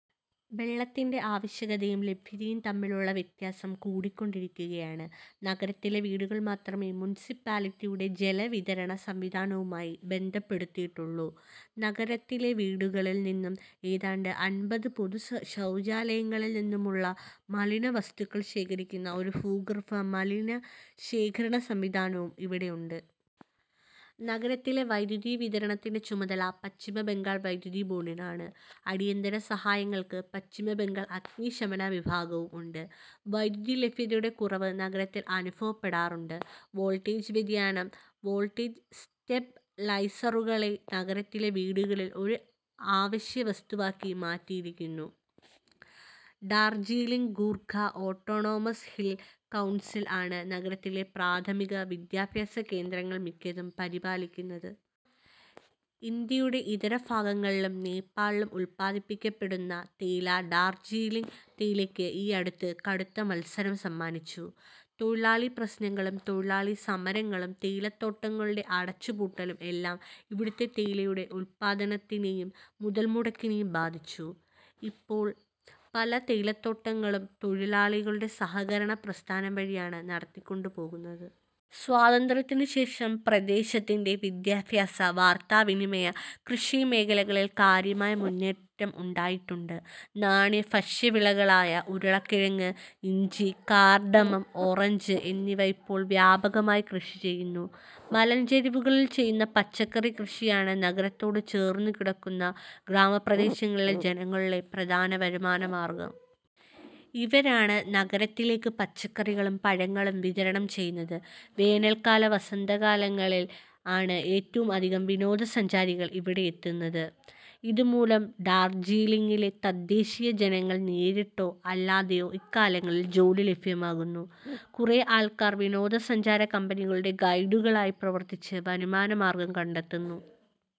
വെള്ളത്തിന്റെ ആവശ്യകതയും ലഭ്യതയും തമ്മിലിലുള്ള വ്യത്യാസം കൂടികൊണ്ടിരിക്കുക ആണ്. നഗരത്തിലെ വീടുകൾ മാത്രമേ മുൻസിപ്പാലിറ്റിയുടെ ജല വിതരണ സംവിധാനവുമായി ബന്ധപ്പെടുത്തിയിട്ടുള്ളൂ. നഗരത്തിലെ വീടകളിൽ നിന്നും ഏതാണ്ട് അൻപത് പൊതു ശൌചാലയങ്ങളിൽ നിന്നും ഉള്ള മലിന വസ്തുക്കൾ ശേഖരിക്കുന്ന ഒരു ഭൂഗർഭ മലിന ശേഖരണ സംവിധാനവും ഇവിടെ ഉണ്ട്. നഗരത്തിലെ വൈദ്യുതി വിതരണത്തിന്റെ ചുമതല പശ്ചിമ ബംഗാൾ വൈദ്യുതി ബോർഡിനാണ്. അടിയന്തര സഹായങ്ങൾക്ക് പശ്ചിമ ബംഗാൾ അഗ്നി ശമന വിഭാഗവും ഉണ്ട്. വൈദ്യുതി ലഭ്യതയുടെ കുറവ് നഗരത്തിൽ അനുഭവപ്പെടാറുണ്ട്. വോൾട്ടേജ് വ്യതിയാനം വോൾട്ടേജ് സ്റ്റെബ് ലൈസറുകളെ നഗരത്തിലെ വീടുകളിൽ ഒരു ആവശ്യ വസ്തുവാക്കി മാറ്റിയിരിക്കുന്നു. Darjeeling Gorkha autonomous hill council ആണ് നഗരത്തിലെ പ്രാഥമിക വിദ്യാഭ്യാസ കേന്ദ്രങ്ങൾ മിക്കതും പരിപാലിക്കുന്നത്. ഇന്ത്യയുടെ ഇതരഭാഗങ്ങളിലും നേപ്പാളിലും ഉല്പാദിപ്പിക്കപ്പെടുന്ന തേയില ഡാർജീലിംഗ് തേയിലയ്ക്ക് ഈ അടുത്ത് കടുത്ത മത്സരം സമ്മാനിച്ചു. തൊഴിലാളി പ്രശ്നങ്ങളും, തൊഴിലാളി സമരങ്ങളും, തേയിലത്തോട്ടങ്ങളുടെ അടച്ചുപൂട്ടലും എല്ലാം ഇവിടുത്തെ തേയിലയുടെ ഉത്പാദനത്തിനെയും മുതൽമുടക്കിനേയും ബാധിച്ചു. ഇപ്പോൾ പല തേയിലത്തോട്ടങ്ങളും തൊഴിലാളികളുടെ സഹകരണ പ്രസ്ഥാനം വഴി ആണ് നടത്തികൊണ്ടുപോകുന്നത്. സ്വാതന്ത്രത്തിനു ശേഷം പ്രദേശത്തിന്റെ വിദ്യാഭ്യാസ, വാർത്താവിനിമയ, കൃഷി മേഖലകളിൽ കാര്യമായ മുന്നേറ്റം ഉണ്ടായിട്ടുണ്ട്. നാണ്യ/ഭക്ഷ്യ വിളകളായ ഉരുളക്കിഴങ്ങ്, ഇഞ്ചി, കാർഡമം, ഓറഞ്ച് എന്നിവ ഇപ്പോൾ വ്യാപകമായി കൃഷി ചെയ്യുന്നു. മലഞ്ചെരിവുകളിൽ ചെയ്യുന്ന പച്ചക്കറി കൃഷി ആണ് നഗരത്തോട് ചേർന്ന് കിടക്കുന്ന ഗ്രാമപ്രദേശങ്ങളിലെ ജനങ്ങളുടെ പ്രധാന വരുമാന മാർഗ്ഗം. ഇവരാണ് നഗരത്തിലേക്ക് പച്ചക്കറികളും പഴങ്ങളും വിതരണം ചെയ്യുന്നത്. വേനൽക്കാല വസന്തകാലങ്ങളിൽ ആണ് ഏറ്റവും അധികം വിനോദ സഞ്ചാരികൾ ഇവിടെ എത്തുന്നത്. ഇതു മൂലം ഡാർജീലിംഗിലെ തദേശ്ശീയ ജനങ്ങൾ നേരിട്ടോ അല്ലാതെയോ ഇക്കാലങ്ങളിൽ ജോലി ലഭ്യമാകുന്നു. കുറേ ആൾക്കാർ വിനോദസഞ്ചാര കമ്പനികളുടെ ഗൈഡുകൾ ആയി പ്രവർത്തിച്ച് വരുമാന മാർഗ്ഗം കണ്ടെത്തുന്നു.